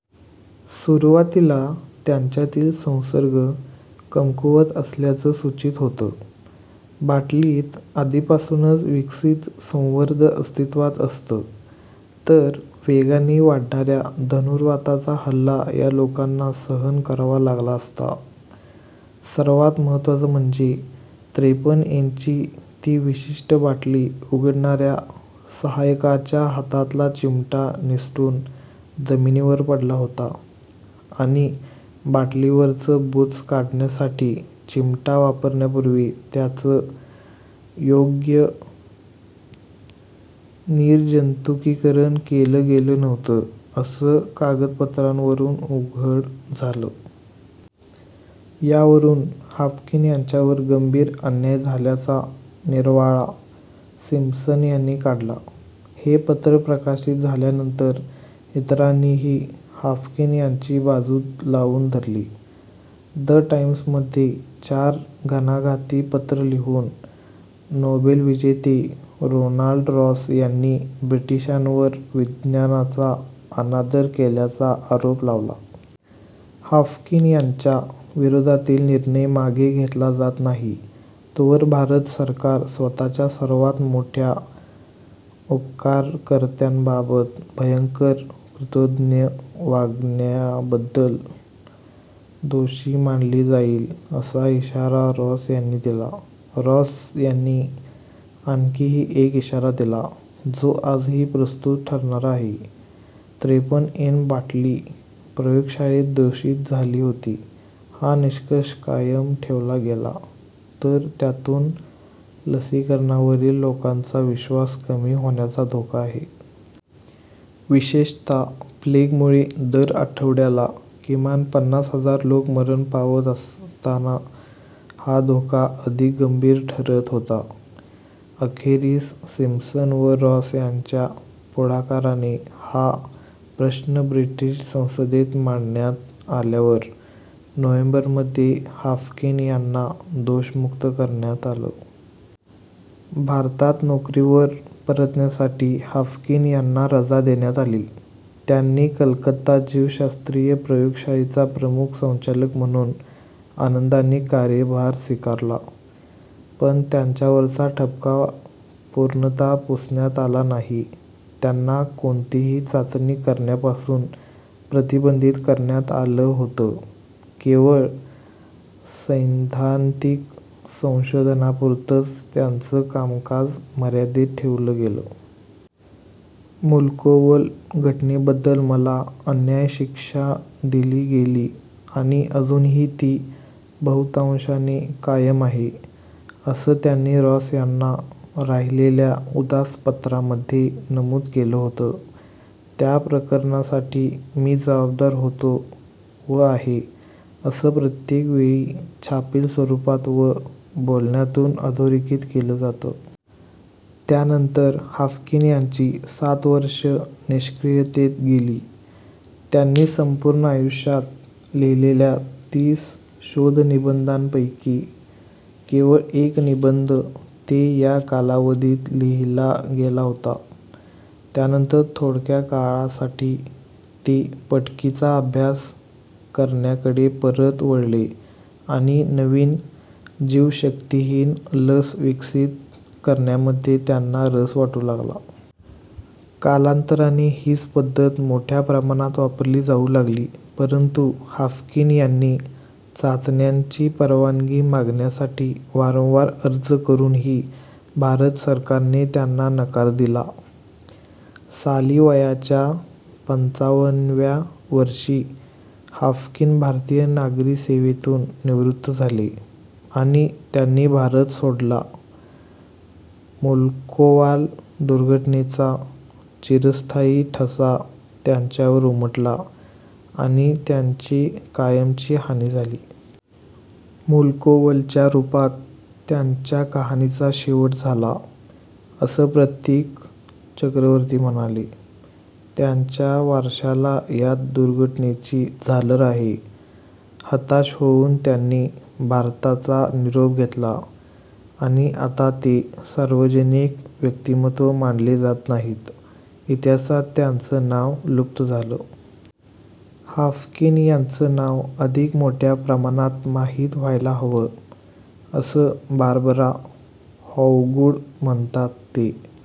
सुरुवातीला त्यांच्यातील संसर्ग कमकुवत असल्याचं सूचित होतं. बाटलीत आधीपासूनच विकसित संवर्ध अस्तित्वात असतं, तर वेगाने वाढणाऱ्या धनुर्वाताचा हल्ला या लोकांना सहन करावा लागला असता. सर्वांत महत्त्वाचं म्हणजे, त्रेपन्न एनची ती विशिष्ट बाटली उघडणाऱ्या सहायकाच्या हातातला चिमटा निसटून जमिनीवर पडला होता आणि बाटलीवरचं बूच काढण्यासाठी चिमटा वापरण्यापूर्वी त्याचं योग्य निर्जंतुकीकरण केलं गेलं नव्हतं, असं कागदपत्रांवरून उघड झालं. यावरून, हाफकिन यांच्यावर गंभीर अन्याय झाल्याचा निर्वाळा सिम्प्सन यांनी काढला. हे पत्र प्रकाशित झाल्यानंतर इतरांनीही हाफकिन यांची बाजू लावून धरली. द टाइम्समध्ये चार घणाघाती पत्रं लिहून नोबेलविजेते रोनाल्ड रॉस यांनी ब्रिटिशांवर विज्ञानाचा अनादर केल्याचा आरोप लावला. हाफकिन यांच्या विरोधातील निर्णय मागे घेतला जात नाही, तोवर भारत सरकार स्वतःच्या सर्वांत मोठ्या उपकारकर्त्याबाबत भयंकर कृतघ्न वागल्याबद्दल दोषी मानले जाईल, असा इशारा रॉस यांनी दिला. रॉस यांनी आणखीही एक इशारा दिला, तो आजही प्रस्तुत ठरणारा आहे: त्रेपन्न एन बाटली प्रयोगशाळेत दूषित झाली होती, हा निष्कर्ष कायम ठेवला गेला, तर त्यातून लसीकरणावरील लोकांचा विश्वास कमी होण्याचा धोका आहे. विशेषतः प्लेगमुळे दर आठवड्याला किमान पन्नास हजार लोक मरण पावत असताना हा धोका अधिक गंभीर ठरत होता. अखेरीस सिम्प्सन व रॉस यांच्या पुढाकाराने हा प्रश्न ब्रिटिश संसदेत मांडण्यात आल्यावर, नोव्हेंबरमध्ये हाफकिन यांना दोषमुक्त करण्यात आलं. भारतात नोकरीवर परतण्यासाठी हाफकिन यांना रजा देण्यात आली. त्यांनी कलकत्ता जीवशास्त्रीय प्रयोगशाळेचा प्रमुख संचालक म्हणून आनंदाने कार्यभार स्वीकारला. पण त्यांच्यावरचा ठपका पूर्णतः पुसण्यात आला नाही त्यांना कोणतीही चाचणी करण्यापासून प्रतिबंधित करण्यात आलं होतं केवळ सैद्धान्तिक संशोधनापुरतंच त्यांचं कामकाज मर्यादित ठेवलं गेलं. मुल्कोवल घटनेबद्दल मला अन्याय शिक्षा दिली गेली आणि अजूनही ती बहुतांशाने कायम आहे, असं त्यांनी रॉस यांना लिहिलेल्या उदास पत्रामध्ये नमूद केलं होतं. त्या प्रकरणासाठी मी जबाबदार होतो व आहे, असं प्रत्येक वेळी छापील स्वरूपात व बोलण्यातून अधोरेखित केलं जातं. त्यानंतर हाफकिन यांची सात वर्षं निष्क्रियतेत गेली. त्यांनी संपूर्ण आयुष्यात लिहिलेल्या तीस शोधनिबंधांपैकी केवळ एक निबंध ते या कालावधीत लिहिला गेला होता. त्यानंतर थोडक्या काळासाठी ते पटकीचा अभ्यास करण्याकडे परत वळले आणि नवीन जीवशक्तिहीन लस विकसित करण्यामध्ये त्यांना रस वाटू लागला. कालांतराने हीच पद्धत मोठ्या प्रमाणात वापरली जाऊ लागली. परंतु, हाफकिन यांनी चाचण्यांची परवानगी मागण्यासाठी वारंवार अर्ज करूनही भारत सरकारने त्यांना नकार दिला. साली वयाच्या पंचावन्नव्या वर्षी हाफकिन भारतीय नागरी सेवेतून निवृत्त झाले आणि त्यांनी भारत सोडला मुल्कोवाल दुर्घटनेचा चिरस्थायी ठसा त्यांच्यावर उमटला आणि त्यांची कायमची हानी झाली. मुल्कोवलच्या रूपात त्यांच्या कहाणीचा शेवट झाला, असं प्रतीक चक्रवर्ती म्हणाले. त्यांच्या वारशाला या दुर्घटनेची झालर आहे. हताश होऊन त्यांनी भारताचा निरोप घेतला आणि आता ते सार्वजनिक व्यक्तिमत्व मानले जात नाहीत. इतिहासात त्यांचं नाव लुप्त झालं. हाफकिन यांचं नाव अधिक मोठ्या प्रमाणात माहीत व्हायला हवं, असं बार्बरा हॉवगूड म्हणतात. ते